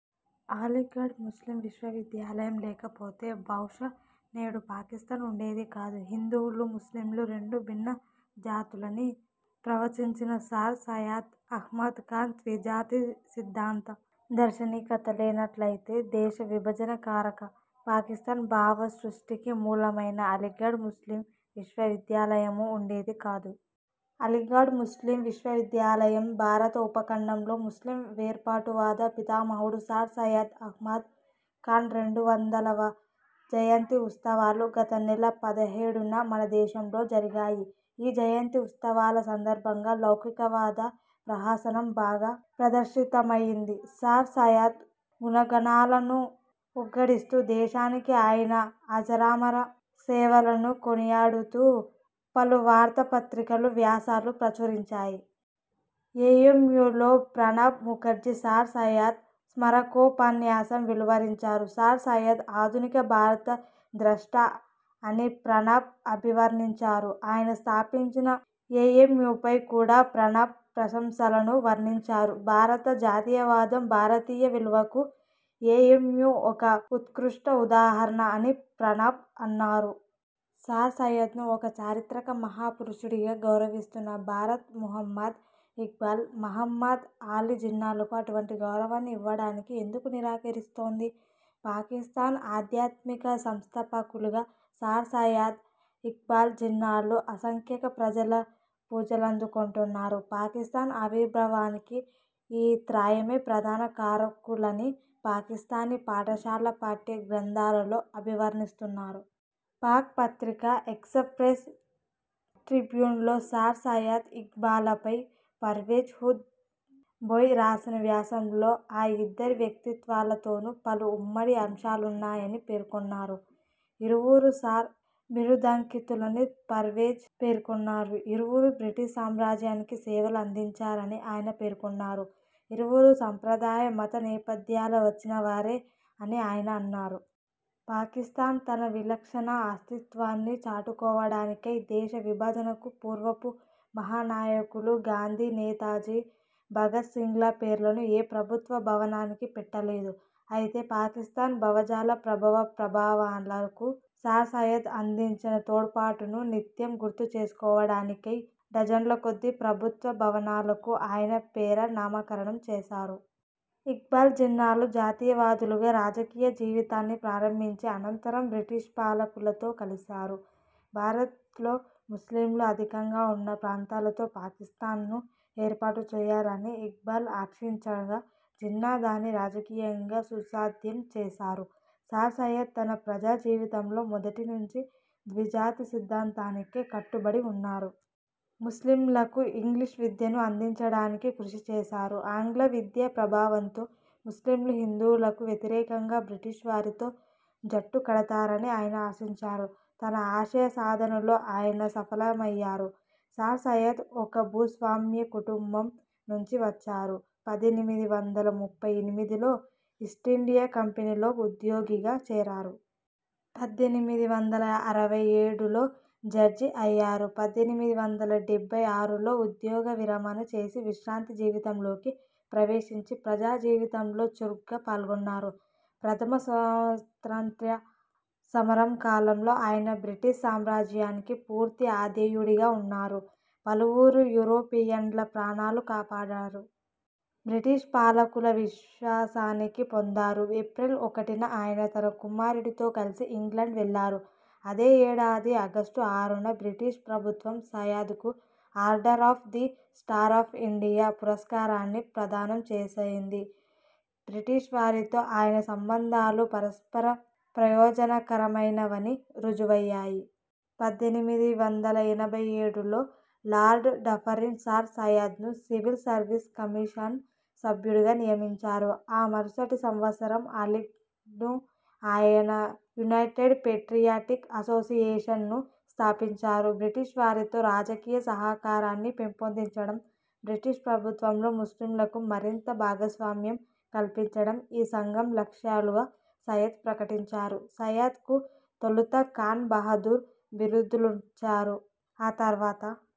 Aligarh Muslim విశ్వవిద్యాలయం లేకపోతే, బహుశా, నేడు పాకిస్థాన్ వుండేది కాదు. హిందువులు, ముస్లింలు రెండు భిన్న జాతులని ప్రవచించిన సర్ సయ్యద్ అహ్మద్ఖాన్ ద్విజాతి సిద్ధాంత 'దర్శనికత' లేనట్లయితే, దేశ విభజన కారక, పాకిస్థాన్ భావ సృష్టికి మూలమైన అలీగఢ్ ముస్లిమ్ విశ్వవిద్యాలయమూ వుండేది కాదు. అలీగఢ్ ముస్లిమ్ విశ్వవిద్యాలయం, భారత ఉపఖండంలో ముస్లిమ్ వేర్పాటువాద పితామహుడు సర్ సయ్యద్ అహ్మద్ ఖాన్ రెండు వందలవ జయంతి ఉత్సవాలు గత నెల పదిహేడున మనదేశంలో జరిగాయి. ఈ జయంతి ఉత్సవాల సందర్భంగా 'లౌకికవాద' ప్రహసనం బాగా ప్రదర్శితమయింది. సర్ సయ్యద్ 'గుణగణాల'ను ఉగ్గడిస్తూ, దేశానికి ఆయన అజరామర 'సేవల'ను కొనియాడుతూ పలు వార్తాపత్రికలు వ్యాసాలు ప్రచురించాయి. ఏఎమ్యూలో ప్రణబ్ ముఖర్జీ సర్ సయ్యద్ స్మారకోపన్యాసం వెలువరించారు. సర్ సయ్యద్ 'ఆధునిక భారత ద్రష్ట' అని ప్రణబ్ అభివర్ణించారు. ఆయన స్థాపించిన ఏఎమ్యూపై కూడా ప్రణబ్ ప్రశంసలను వర్ణించారు. 'భారత జాతీయవాదం, భారతీయ విలువల'కు ఏఎమ్యూ ఒక ఉత్కృష్ట ఉదాహరణ' అని ప్రణబ్ అన్నారు. సర్ సయ్యద్ను ఒక 'చారిత్రక మహా పురుషుడు'గా గౌరవిస్తున్న భారత్ ముహమ్మద్ ఇక్బాల్, మహమ్మద్ అలీ జిన్నాలకు అటువంటి గౌరవాన్ని ఇవ్వడానికి ఎందుకు నిరాకరిస్తోంది? పాకిస్థాన్ ఆధ్యాత్మిక సంస్థాపకులుగా సర్ సయ్యద్, ఇక్బాల్, జిన్నాలు అసంఖ్యాక ప్రజల పూజలందుకొంటున్నారు. పాకిస్థాన్ ఆవిర్భావానికి ఈ త్రయమే ప్రధాన కారకులని పాకిస్థానీ పాఠశాల పాఠ్య గ్రంథాలలో అభివర్ణిస్తున్నారు. పాక్ పత్రిక 'ఎక్సప్రెస్ ట్రిబ్యూన్'లో సర్ సయ్యద్, ఇక్బాల్ల పై పర్వేజ్ హూద్ బోయ్ రాసిన వ్యాసంలో ఆ ఇద్దరి వ్యక్తిత్వాలతోను పలు ఉమ్మడి అంశాలున్నాయని పేర్కొన్నారు. ఇరువురూ సర్ బిరుదాంకితులని పర్వేజ్ పేర్కొన్నారు. ఇరువురూ బ్రిటిష్ సామ్రాజ్యానికి సేవలు అందించారని ఆయన పేర్కొన్నారు. ఇరువురూ సంప్రదాయ మత నేపథ్యాల వచ్చిన వారే అని ఆయన అన్నారు. పాకిస్థాన్ తన విలక్షణ అస్తిత్వాన్ని చాటుకోవడానికై దేశ విభజనకు పూర్వపు మహానాయకులు గాంధీ, నేతాజీ, భగత్ సింగ్ల పేర్లను ఏ ప్రభుత్వ భవనానికీ పెట్టలేదు. అయితే పాకిస్థాన్ భవజాల ప్రభవ ప్రాభవాలకు సర్ సయ్యద్ అందించిన తోడ్పాటును నిత్యం గుర్తుచేసుకోవడానికై డజన్లకొద్దీ ప్రభుత్వ భవనాలకు ఆయనపేర నామకరణం చేశారు. ఇక్బాల్, జిన్నాలు జాతీయవాదులుగా రాజకీయ జీవితాన్ని ప్రారంభించి, అనంతరం బ్రిటిష్పాలకులతో కలిశారు. భారత్లో ముస్లింలు అధికంగా వున్న ప్రాంతాలతో పాకిస్థాన్ను ఏర్పాటుచేయాలని ఇక్బాల్ ఆక్షించగా జిన్నా దాన్ని రాజకీయంగా సుసాధ్యం చేశారు. సర్ సయ్యద్ తన ప్రజా జీవితంలో మొదటినుంచీ ద్విజాతి సిద్ధాంతానికే కట్టుబడి వున్నారు. ముస్లింలకు ఇంగ్లీష్ విద్యను అందించడానికి కృషి చేశారు. ఆంగ్ల విద్యా ప్రభావంతో ముస్లింలు హిందువులకు వ్యతిరేకంగా బ్రిటిష్ వారితో జట్టు కడతారని ఆయన ఆశించారు. తన ఆశయసాధనలో ఆయన సఫలమయ్యారు. సర్ సయ్యద్ ఒక భూస్వామ్య కుటుంబం నుంచి వచ్చారు. పద్దెనిమిది వందల ముప్పై ఎనిమిదిలో ఈస్టిండియా కంపెనీలో ఉద్యోగిగా చేరారు. పద్దెనిమిది వందల అరవై ఏడులో జడ్జి అయ్యారు. పద్దెనిమిది వందల డెబ్బై ఆరులో ఉద్యోగ విరమణ చేసి విశ్రాంత జీవితంలోకి ప్రవేశించి ప్రజా జీవితంలో చురుగ్గా పాల్గొన్నారు. ప్రథమ స్వాతంత్ర్య సమరం కాలంలో ఆయన బ్రిటిష్ సామ్రాజ్యానికి పూర్తి విధేయుడుగా వున్నారు. పలువురు యూరోపియన్ల ప్రాణాలు కాపాడారు. బ్రిటిష్ పాలకుల విశ్వాసాన్ని పొందారు. ఏప్రిల్ ఒకటిన ఆయన తన కుమారుడితో కలిసి ఇంగ్లాండ్ వెళ్ళారు. అదే ఏడాది ఆగస్టుఆరున బ్రిటిష్ ప్రభుత్వం సయ్యద్ కు 'Order of the Star of India' పురస్కారాన్ని ప్రదానం చేసింది. బ్రిటిష్ వారితో ఆయన సంబంధాలు పరస్పర ప్రయోజనకరమైనవని రుజువయ్యాయి. పద్దెనిమిది వందల ఎనభై ఏడులో లార్డ్ ఢఫరిన్ సర్ సయ్యద్ను సివిల్ సర్వీస్ కమిషన్ సభ్యుడుగా నియమించారు. ఆ మరుసటి సంవ త్సరం అలీగఢ్లో ఆయన 'యునైటెడ్ పేట్రియాటిక్ అసోసియేషన్'ను స్థాపించారు. బ్రిటిష్ వారితో రాజకీయ సహకారాన్ని పెంపొందించడం, బ్రిటిష్ ప్రభుత్వంలో ముస్లింలకు మరింత భాగస్వామ్యం కల్పించడం ఈ సంఘం లక్ష్యాలుగా సయ్యద్ ప్రకటించారు. సయ్యద్ కు తొలుత 'ఖాన్ బహదూర్' బిరుదునిచ్చారు. ఆ తరువాత